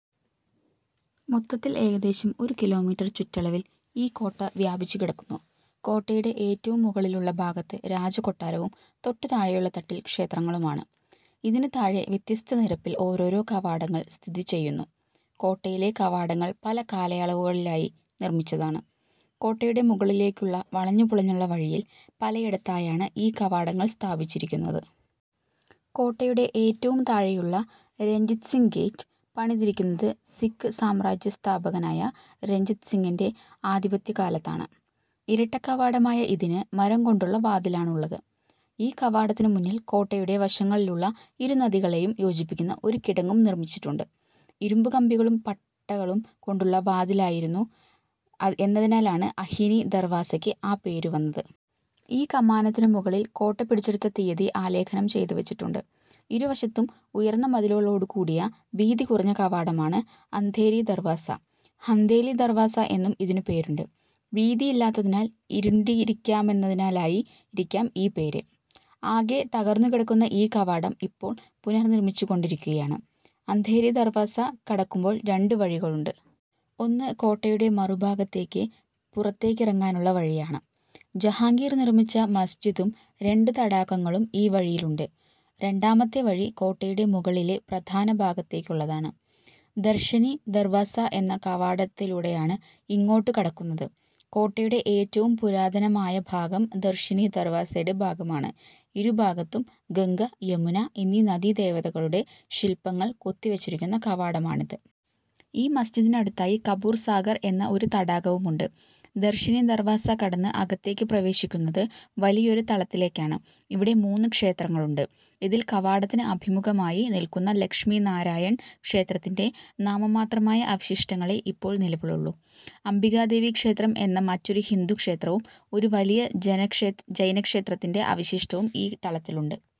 മൊത്തത്തിൽ ഏകദേശം ഒരു കിലോമീറ്റർ ചുറ്റളവിൽ ഈ കോട്ട വ്യാപിച്ചുകിടക്കുന്നു. കോട്ടയുടെ ഏറ്റവും മുകളിലുള്ള ഭാഗത്ത് രാജകൊട്ടാരവും, തൊട്ടു താഴെയുള്ള തട്ടിൽ ക്ഷേത്രങ്ങളുമാണ്. ഇതിനു താഴെ വ്യത്യസ്ത നിരപ്പിൽ ഓരോരോ കവാടങ്ങൾ സ്ഥിതി ചെയ്യുന്നു. കോട്ടയിലെ കവാടങ്ങൾ പല കാലയളവുകളിലായി നിർമ്മിച്ചതാണ്. കോട്ടയുടെ മുകളിലേക്കുള്ള വളഞ്ഞുപുളഞ്ഞുള്ള വഴിയിൽ പലയിടത്തായാണ് ഈ കവാടങ്ങൾ സ്ഥാപിച്ചിരിക്കുന്നത്. കോട്ടയുടെ ഏറ്റവും താഴെയുള്ള രഞ്ജിത് സിങ് ഗേറ്റ്' പണിതിരിക്കുന്നത് സിഖ് സാമ്രാജ്യസ്ഥാപകനായ രഞ്ജിത് സിങ്ങിന്റെ ആധിപത്യകാലത്താണ്. ഇരട്ടക്കവാടമായ ഇതിന് മരംകൊണ്ടുള്ള വാതിലാണുള്ളത്. ഈ കവാടത്തിനു മുന്നിൽ കോട്ടയുടെ വശങ്ങളിലുള്ള ഇരുനദികളെയും യോജിപ്പിക്കുന്ന ഒരു കിടങ്ങും നിർമ്മിച്ചിട്ടുണ്ട്. ഇരുമ്പുകമ്പികളും പട്ടകളും കൊണ്ടുള്ള വാതിലുണ്ടായിരുന്നു എന്നതിനാലാണ് അഹീനി ദർവാസക്ക് ആ പേരുവന്നത്. ഈ കമാനത്തിനു മുകളിൽ കോട്ട പിടിച്ചെടുത്ത തിയതി ആലേഖനം ചെയ്തുവച്ചിട്ടുണ്ട്. ഇരുവശത്തും ഉയർന്ന മതിലുകളോടുകൂടിയ വീതികുറഞ്ഞ കവാടമാണ് അന്ധേരി ദർവാസ. ഹന്ദേലി ദർവാസ എന്നും ഇതിനുപേരുണ്ട്. വീതിയില്ലാത്തതിനാൽ ഇരുണ്ടിരിക്കാമെന്നതിനാലായിരിക്കാം ഈ പേര്. ആകെ തകർന്നുകിടക്കുന്ന ഈ കവാടം ഇപ്പോൾ പുനർനിർമ്മിച്ചുകൊണ്ടിരിക്കുകയാണ്. അന്ധേരി ദർവാസ കടക്കുമ്പോൾ രണ്ട് വഴികളുണ്ട്. ഒന്ന് കോട്ടയുടെ മറുഭാഗത്തേക്ക് പുറത്തേക്കിറങ്ങാനുള്ള വഴിയാണ്. ജഹാംഗീർ നിർമ്മിച്ച മസ്ജിദും, രണ്ടു തടാകങ്ങളും ഈ വഴിയിലുണ്ട്. രണ്ടാമത്തെ വഴി കോട്ടയുടെ മുകളിലെ പ്രധാനഭാഗത്തേക്കുള്ളതാണ്. ദർശനി ദർവാസ എന്ന കവാടത്തിലൂടെയാണ് ഇങ്ങോട്ടുകടക്കുന്നത്. കോട്ടയുടെ ഏറ്റവും പുരാതനമായ ഭാഗം ദർശനി ദർവാസയുടെ ഭാഗമാണ്. ഇരുഭാഗത്തും ഗംഗ, യമുന എന്നീ നദീദേവതകളുടെ ശില്പങ്ങൾ കൊത്തിവച്ചിരിക്കുന്ന കവാടമാണിത്. ഈ മസിജിദിനടുത്തായി കപൂർ സാഗർ എന്ന ഒരു തടാകവുമുണ്ട്. ദർശനി ദർവാസ കടന്ന് അകത്തേക്ക് പ്രവേശിക്കുന്നത് വലിയൊരു തളത്തിലേക്കാണ് ഇവിടെ മൂന്നു ക്ഷേത്രങ്ങളുണ്ട്. ഇതിൽ കവാടത്തിന് അഭിമുഖമായി നിൽക്കുന്ന ലക്ഷ്മീ നാരായൺ ക്ഷേത്രത്തിന്റെ നാമമാത്രമായ അവശിഷ്ടങ്ങളേ ഇപ്പോൾ നിലവിലുള്ളൂ. അംബികാദേവി ക്ഷേത്രം എന്ന മറ്റൊരു ഹിന്ദു ക്ഷേത്രവും, ഒരു വലിയ ജൈനക്ഷേത്രത്തിന്റെ അവശിഷ്ടവും ഈ തളത്തിലുണ്ട്.